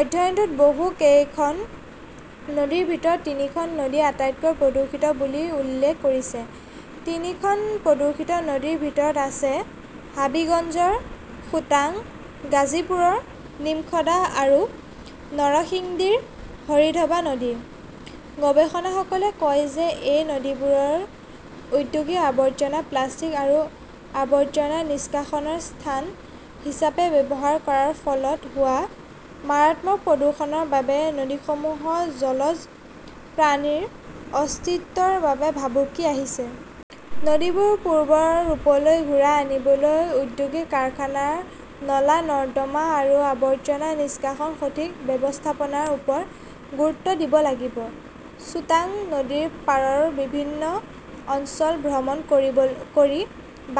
অধ্যয়নটোত বহু কেইখন নদীৰ ভিতৰত তিনিখন নদীক আটাইতকৈ প্ৰদূষিত বুলি উল্লেখ কৰিছে। তিনি খন প্ৰদূষিত নদীৰ ভিতৰত আছে হাবিগঞ্জৰ সুতাং, গাজীপুৰৰ নিমখদাহ আৰু নৰসিংডীৰ হৰিধৱা নদী। গৱেষকসকলে কয় যে এই নদীবোৰ ঔদ্যোগিক আৱৰ্জনা, প্লাষ্টিক আৰু আৱৰ্জনা নিষ্কাশনৰ স্থান হিচাপে ব্যৱহাৰ কৰাৰ ফলত হোৱা মাৰাত্মক প্ৰদূষণৰ বাবে নদীসমূহত জলজ প্ৰাণীৰ অস্তিত্বৰ বাবেও ভাবুকি আহিছে। নদীবোৰ পূৰ্বৰ ৰূপলৈ ঘূৰাই আনিবলৈ ঔদ্যোগিক কাৰখানা, নলা-নৰ্দমা আৰু আৱৰ্জনা নিষ্কাশনৰ সঠিক ব্যৱস্থাপনাৰ ওপৰত গুৰুত্ব দিব লাগিব। চুটাঙ নদীৰ পাৰৰ বিভিন্ন অঞ্চল ভ্ৰমণ কৰি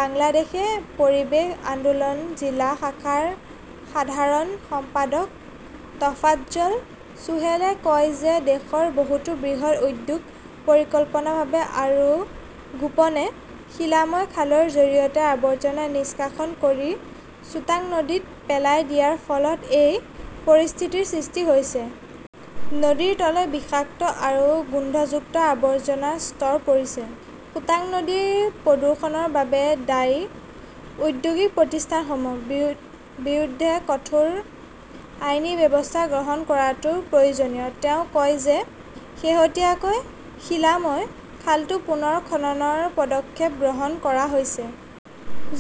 বাংলাদেশ পৰিৱেশ আন্দোলনৰ জিলা শাখাৰ সাধাৰণ সম্পাদক টফাজ্জল চোহেলে কয় যে দেশৰ বহুতো বৃহৎ উদ্যোগই পৰিকল্পিতভাৱে আৰু গোপনে শিলাময় খালৰ জৰিয়তে আৱৰ্জনা নিষ্কাশন কৰি চুটাঙ নদীত পেলাই দিয়াৰ ফলত এই পৰিস্থিতিৰ সৃষ্টি হৈছে। নদীৰ তলত বিষাক্ত আৰু গোন্ধযুক্ত আৱৰ্জনাৰ স্তৰ পৰিছে। সুতাং নদীৰ প্ৰদূষণৰ বাবে দায়ী ঔদ্যোগিক প্ৰতিষ্ঠানসমূহৰ বিৰুদ্ধে কঠোৰ আইনী ব্যৱস্থা গ্ৰহণ কৰাটো প্ৰয়োজনীয়। তেওঁ কয় যে শেহতীয়াকৈ শিলাময় খালটো পুনৰ খননৰ পদক্ষেপ গ্ৰহণ কৰা হৈছে।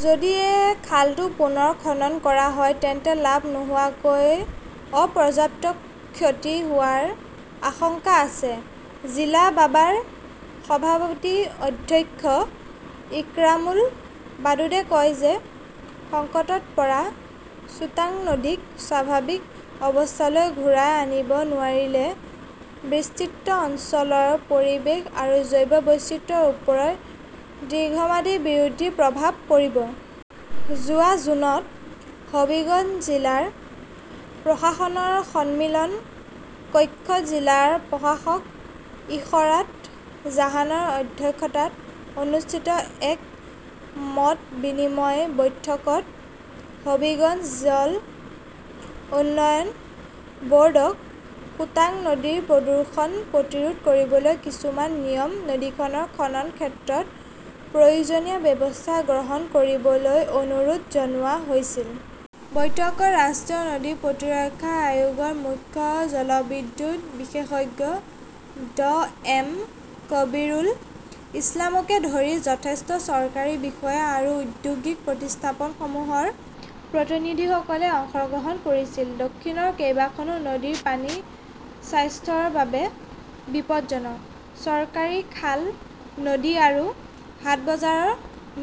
যদি এই খালটো পুনৰ খনন কৰা হয় তেন্তে লাভ নোহোৱাকৈ অপৰ্যাপ্ত ক্ষতি হোৱাৰ আশংকা আছে। জিলা বাবাৰ সভাপতি অধ্যক্ষ ইক্ৰামুল ৱাদুদে কয় যে সংকটত পৰা ছুটাঙ নদীক স্বাভাৱিক অৱস্থালৈ ঘূৰাই আনিব নোৱাৰিলে বিস্তৃত অঞ্চলৰ পৰিৱেশ আৰু জৈৱ বৈচিত্ৰ্যৰ ওপৰত দীৰ্ঘম্যাদী বিৰোধী প্ৰভাৱ পৰিব। যোৱা জুনত হবীগঞ্জ জিলা প্ৰশাসকৰ সন্মিলন কক্ষত জিলা প্ৰশাসক ইশৰাট জাহানৰ অধ্যক্ষতাত অনুষ্ঠিত এক মত বিনিময় বৈঠকত হবীগঞ্জ জল উন্নয়ন ব'ৰ্ডক সুতাং নদীৰ প্ৰদূষণ প্ৰতিৰোধ কৰিবলৈ কিছুমান নিয়ম নদীখনৰ খননৰ ক্ষেত্ৰত প্ৰয়োজনীয় ব্যৱস্থা গ্ৰহণ কৰিবলৈ অনুৰোধ জনোৱা হৈছিল। বৈঠকত ৰাষ্ট্ৰীয় নদী প্ৰতিৰক্ষা আয়োগৰ মুখ্য জলবিদ্যুৎ বিশেষজ্ঞ ড. এম. কবীৰুল ইছলামকে ধৰি জ্যেষ্ঠ চৰকাৰী বিষয়া আৰু ঔদ্যোগিক প্ৰতিষ্ঠানসমূহৰ প্ৰতিনিধিসকলে অংশগ্ৰহণ কৰিছিল। দক্ষিণৰ কেইবাখনো নদীৰ পানী স্বাস্থ্যৰ বাবে বিপদজনক । চৰকাৰী খাল, নদী আৰু হাটবাজাৰ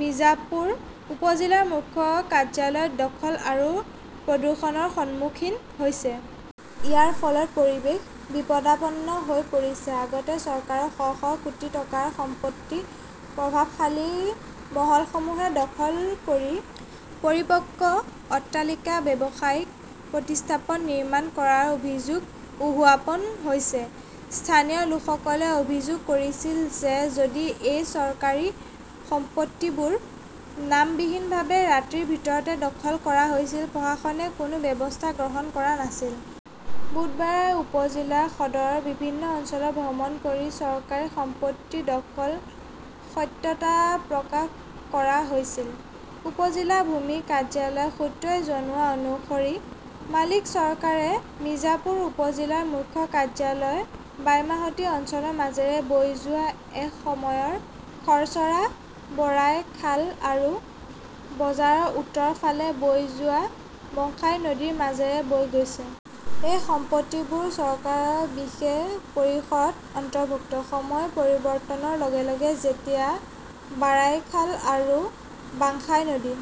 মিৰ্জাপুৰ উপ-জিলাৰ মুখ্য কাৰ্যালয়ত দখল আৰু প্ৰদূষণৰ সন্মুখীন হৈছে। ইয়াৰ ফলত পৰিৱেশ বিপদাপন্ন হৈ পৰিছে। লগতে চৰকাৰৰ শ শ কোটি টকাৰ সম্পত্তি প্ৰভাৱশালী মহলসমূহে দখল কৰি পৰিপক্ক অট্টালিকা আৰু ব্যৱসায়িক প্ৰতিষ্ঠান নিৰ্মাণ কৰাৰ অভিযোগ উত্থাপন হৈছে। স্থানীয় লোকসকলে অভিযোগ কৰিছিল যে যদিও এই চৰকাৰী সম্পত্তিবোৰ নামবিহীনভাৱে ৰাতিৰ ভিতৰতে দখল কৰা হৈছিল, প্ৰশাসনে কোনো ব্যৱস্থা গ্ৰহণ কৰা নাছিল। বুধবাৰে উপ-জিলা সদৰৰ বিভিন্ন অঞ্চল ভ্ৰমণ কৰি চৰকাৰী সম্পত্তিৰ দখলৰ সত্যতা প্ৰকাশ কৰা হৈছিল। উপ-জিলা ভূমি কাৰ্যালয়ৰ সূত্ৰই জনোৱা অনুসৰি, মালিক চৰকাৰে মিৰ্জাপুৰ উপ-জিলাৰ মুখ্য কাৰ্যালয়ৰ বাইমাহটি অঞ্চলৰ মাজেৰে বৈ যোৱা এক সময়ৰ খৰছৰা বৰাই খাল আৰু বজাৰৰ উত্তৰ ফালে বৈ যোৱা বংশাই নদীৰ মাজেৰে বৈ গৈছে। এই সম্পত্তিবোৰ চৰকাৰৰ বিশেষ পৰিসৰত অন্তৰ্ভুক্ত। সময়ৰ পৰিৱৰ্তনৰ লগে লগে, যেতিয়া বাৰাই খাল আৰু বংশাই নদী